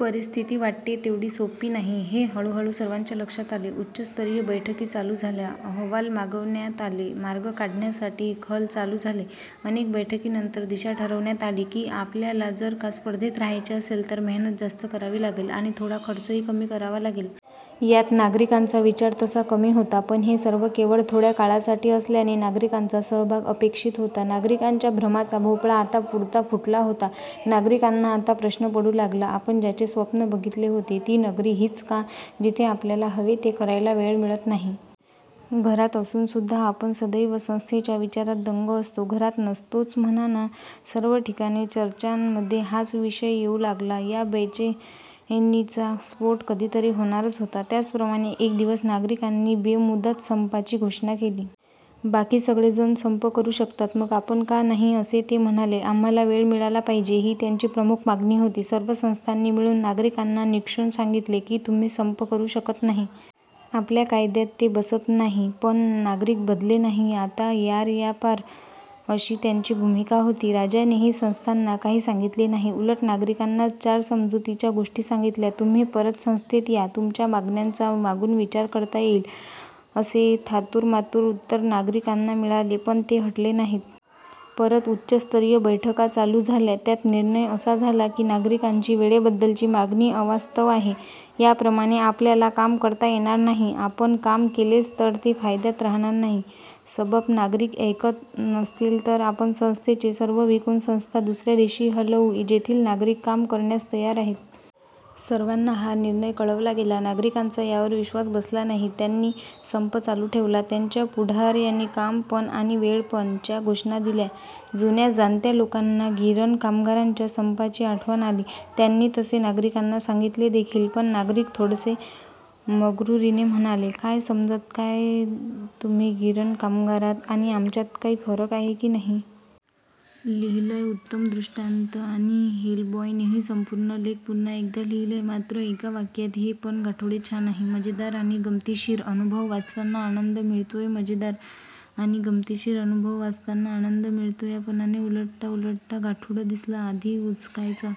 परिस्थिती वाटते तेवढी सोप्पी नाही हे हळू हळू सर्वांच्या लक्षात आले. उच्चस्तरीय बैठकी चालू झाल्या, अहवाल मागवण्यात आले, मार्ग काढण्यासाठी खल चालू झाले. अनेक बैठकीनंतर दिशा ठरवण्यात आली की आपल्याला जर का स्पर्धेत राहायचे असेल तर मेहनत जास्त करावी लागेल आणि थोडा खर्च ही कमी करावा लागेल. यात नागरिकांचा विचार तसा कमी होता पण हे सर्व केवळ थोड्या काळासाठी असल्याने नागरिकांचा सहभाग अपेक्षित होता. नागरिकांच्या भ्रमाचा भोपळा आता पुरता फुटला होता. नागरिकांना आता प्रश्न पडू लागला, आपण ज्याचे स्वप्न बघितले होते ती नगरी हीच का, जिथे आपल्याला हवे ते करायला वेळ मिळत नाही. घरात असून सुद्धा आपण सदैव संस्थेच्या विचारात दंग असतो, घरात नसतोच म्हणा ना? सर्व ठिकाणी चर्चांमध्ये हाच विषय येऊ लागला. या बेचैनिचा स्फोट कधीतरी होणारच होता. त्याप्रमाणे एक दिवस नागरिकांनी बेमुदत संपाची घोषणा केली. बाकी सगळे जण संप करू शकतात मग आपण का नाही असे ते म्हणाले. आम्हाला वेळ मिळाला पाहिजे ही त्यांची प्रमुख मागणी होती. सर्व संस्थांनी मिळून नागरिकांना निक्षून सांगितले की तुम्ही संप करू शकत नाही. आपल्या कायद्यात ते बसत नाही. पण नागरिक बधले नाही आता 'आर या पार' अशी त्यांची भूमिका होति. राजानेही संस्थाना काही सांगितले नाही, उलट नागरिकांनाच चार समजुतीच्या गोष्टी सांगितल्या. तुम्ही परत संस्थेत या, तुमच्या मागण्यांचा मागून विचार करता येईल असे थातूर मातुर उत्तर नागरिकांना मिळाले, पण ते हटले नाहीत. परत उच्चस्तरीय बैठका चालू झाल्या. त्यात निर्णय असा झाला की नागरिकांची वेळेबद्दलची मागणी अवास्तव आहे, याप्रमाणे आपल्याला काम करता येणार नाही. आपण काम केलेच तर ते फायद्यात रहाणार नाही, सबब नागरिक ऐकत नसतील तर आपण संस्थेचे सर्व विकून संस्था दुसऱ्या देशी हलवू, जेथील नागरिक काम करण्यास तयार आहेत. सर्वाना हा निर्णय कळवला गेला. नागरिकांचा यावर विश्वास बसला नाही, त्यांनी संप चालू ठेवला. त्यांच्या पुढार्यांनी 'काम पणआणि वेळ पण' च्या घोषणा दिल्या. जुन्या जाणत्या लोकांना गिरण कामगारांच्या संपाची आठवण आली. त्यांनी तसे नागरिकांना सांगितले देखील पण नागरिक थोडसे मग्रुरीने म्हणाले, " काय समजत काय तुम्ही गिरण कामगारात आणि आमच्यात काही फरक आहे की नाही? " लिहिलंय! उत्तम डृष्टांत. आणि हेलबॉयनेही संपूर्ण लेख पुन: एकदा लिहिलाय, मात्र एका वाक्यात. हे पण गाठोडे छान आहे.! मजेदार आणि गमतीशीर अनुभव वाचताना आनंद मिळतोयमजेदार आणि गमतीशीर अनुभव वाचताना आनंद मिळतोयपाने उलटता उलटता 'गठुडं' दिसलं. आधी उचकायचा